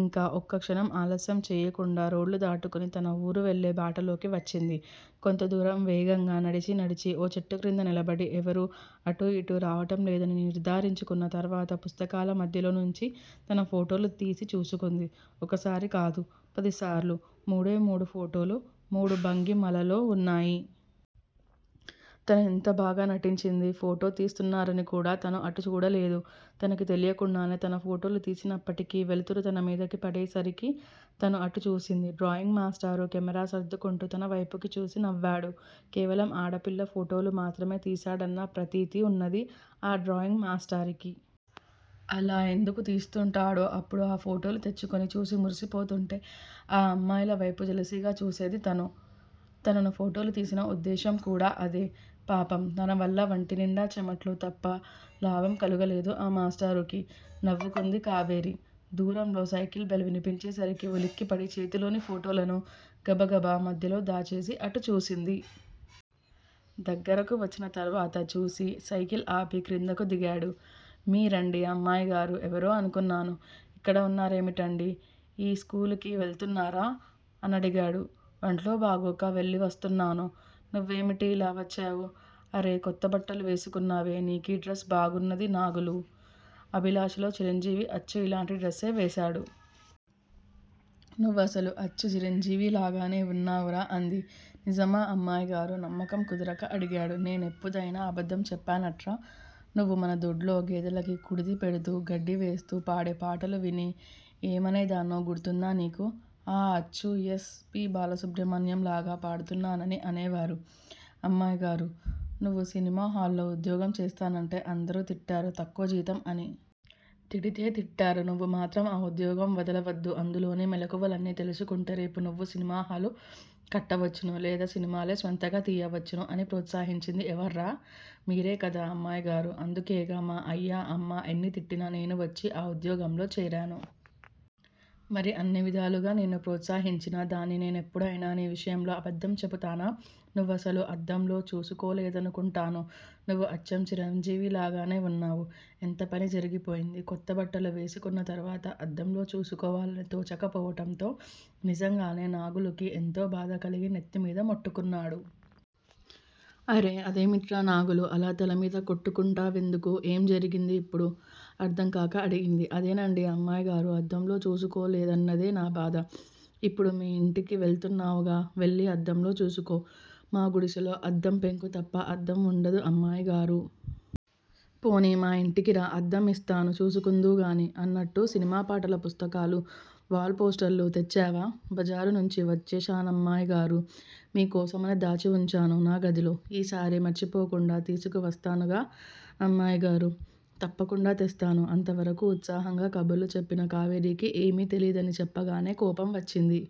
ఇంకా ఒక్క క్షణం ఆలస్యం చేయకుండా రోడ్లు దాటుకుని తన ఊరువెళ్ళే బాటలోకి వచ్చింది. కొంతదూరం వేగంగా నడిచి నడిచి ఓ చెట్టుక్రింద నిలబడి ఎవరూ అటుఇటు రావటంలేదని నిర్ధారించుకున్న తరువాత పుస్తకాల మధ్యలోనుంచి తన ఫోటోలుతీసి చూసుకుంది. ఒకసారికాదు పదిసార్లు! మూడే మూడు ఫోటోలు మూడు భంగిమలలో వున్నాయి. తను ఎంత బాగా నటించింది? ఫోటో తీస్తున్నారనికూడా తను అటూ చూడలేదు! తనకి తెలియకుండానే తన ఫోటోలు తీసినప్పటికీ వెలుతురు తనమీదకి పడేసరికి తను అటూ చూసింది. డ్రాయింగ్ మాష్టారు కెమెరా సర్దుకుంటూ తనవైపుకిచూసి నవ్వాడు. కేవలం ఆడపిల్ల ఫోటోలు మాత్రమే తీస్తాడన్న ప్రతీతి వున్నది ఆ డ్రాయింగ్ మాస్టారికి. అలా ఎందుకు తీస్తుంటాడో? అప్పుడు ఆ ఫోటోలు తెచ్చుకుని చూసి మురిసిపోతుంటే ఆ అమ్మాయిలవైపు జెలసీగా చూసేది తను! తనను ఫోటోలు తీసిన ఉద్దేశ్యంకూడా అదే! పాపం! తనవల్ల వంటినిండా చెమట్లు తప్పలాభం కలుగలేదు ఆ మాస్టారుకి! నవ్వుకుంది కావేరి. దూరంలో సైకిల్ బెల్ వినిపించేసరికి ఉలిక్కిపడి చేతిలోని ఫోటోలను గబగబా మధ్యలో దాచేసి అటూ చూసింది. దగ్గరకు వచ్చిన తరువాత చూసి సైకిల్ ఆపి క్రిందకి దిగాడు. మీరండీ అమ్మాయిగారూ! ఎవరో అనుకున్నాను. ఇక్కడ వున్నారేమిటండీ? యిస్కూలుకి వెళుతున్నారా! అనడిగాడు. వంట్లో బాగోక వెళ్ళివస్తున్నాను. నువ్వేమిటి ఇలా వచ్చావు? అరే! కొత్తబట్టలు వేసుకున్నావే. నీకీడ్రస్ బాగున్నది నాగులూ! అభిలాషలో చిరంజీవి అచ్చు ఇలాంటి డ్రస్సే వేశాడు. నువ్వసలు అచ్చు చిరంజీవిలాగానే వున్నావురా! అంది. నిజమా అమ్మాయిగారూ! నమ్మకం కుదరక అడిగాడు. నేనెప్పుదయినా అబద్దం చెప్పానట్రా? నువ్వు మన దొడ్లో గేదెలకి కుడితిపెడుతూ, గడ్డివేస్తూ పాడేపాటలువిని ఏమనేదాన్నో గుర్తుందా నీకు? ఆఁ అచ్చు యస్ పి. బాలసుబ్రహ్మణ్యంలాగా పాడుతున్నానని అనేవారు అమ్మాయిగారు? నువ్వు సినిమా హాలులో ఉద్యోగం చేస్తానంటే అందరూ తిట్టారు తక్కువ జీతం అని! తిడితే తిట్టారు. నువ్వు మాత్రం ఆ ఉద్యోగం వదలవద్దు! అందులోని మెళుకువలన్నీ తెలుసుకుంటే రేపు నువ్వు సినిమా హాలు కట్టవచ్చును. లేదా సినిమాలే స్వంతంగా తీయవచ్చును. అని ప్రోత్సహించింది ఎవర్రా? మీరే కదా అమ్మాయిగారూ! అందుకేగా మా అయ్యా అమ్మా ఎన్ని తిట్టినా నేను వచ్చి ఆ ఉద్యోగంలో చేరాను! మరి అన్ని విధాలుగా నిన్ను ప్రోత్సహించిన దాన్ని నేనయినప్పుడు నీ విషయంలో అబద్దం చెపుతానా? నువ్వసలు అద్దంలో చూసుకోలేదనుకుంటాను! నువ్వు అచ్చంగా చిరంజీవిలాగానే వున్నావు. ఎంతపని జరిగిపోయింది. కొత్త బట్టలు వేసుకున్న తరువాత అద్దంలో చూసుకోవాలని తోచక పోవటంతో నిజంగానే నాగులుకి ఎంతో బాధ కలిగి నెత్తి మీద మొట్టుకున్నాడు. అరే! అదేమిట్రా నాగులూ! అలా తలమీద కొట్టుకుంటావెందుకు? ఏం జరిగింది యిప్పుడు? అర్ధం కాక అడిగింది. అదేనండి అమ్మాయిగారూ! అద్దంలో చూసుకోలేదన్నదే నా బాధ! ఇప్పుడు మీ యింటికి వెళుతున్నావుగా? వెళ్ళి అద్దంలో చూసుకో. మా గుడిసెలో అద్దం పెంకు తప్ప అద్దం వుండదు అమ్మాయిగారూ. పోనీ మా యింటికి రా! అద్దంయిస్తాను. చూసుకుందువు గాని. అన్నట్టు సినిమా పాటల పుస్తకాలు, వాల్ పోస్టర్లు తెచ్చావా? బజారునుంచి వచ్చేశానమ్మాయిగారూ. మీ కోసమని దాచి వుంచాను నా గదిలో. ఈ సారి మరిచిపోకుండా తీసుకువస్తానుగా అమ్మాయిగారూ! తప్పకుండా తెస్తాను అంతవరకూ ఉత్సాహంగా కబుర్లు చెప్పిన కావేరికి ఏమీ తెలీదని చెప్పగానే కోపం వచ్చింది.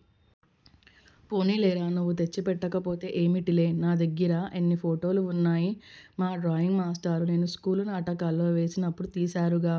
పోనీలేరా? నువ్వు తెచ్చి పెట్టకపోతే ఏమిటిలే? నా దగ్గిర ఎన్నో ఫోటోలు వున్నాయి మా డ్రాయింగ్ మాష్టారు నేనుస్కూలు నాటకాల్లో వేసినప్పుడు తీశారుగా?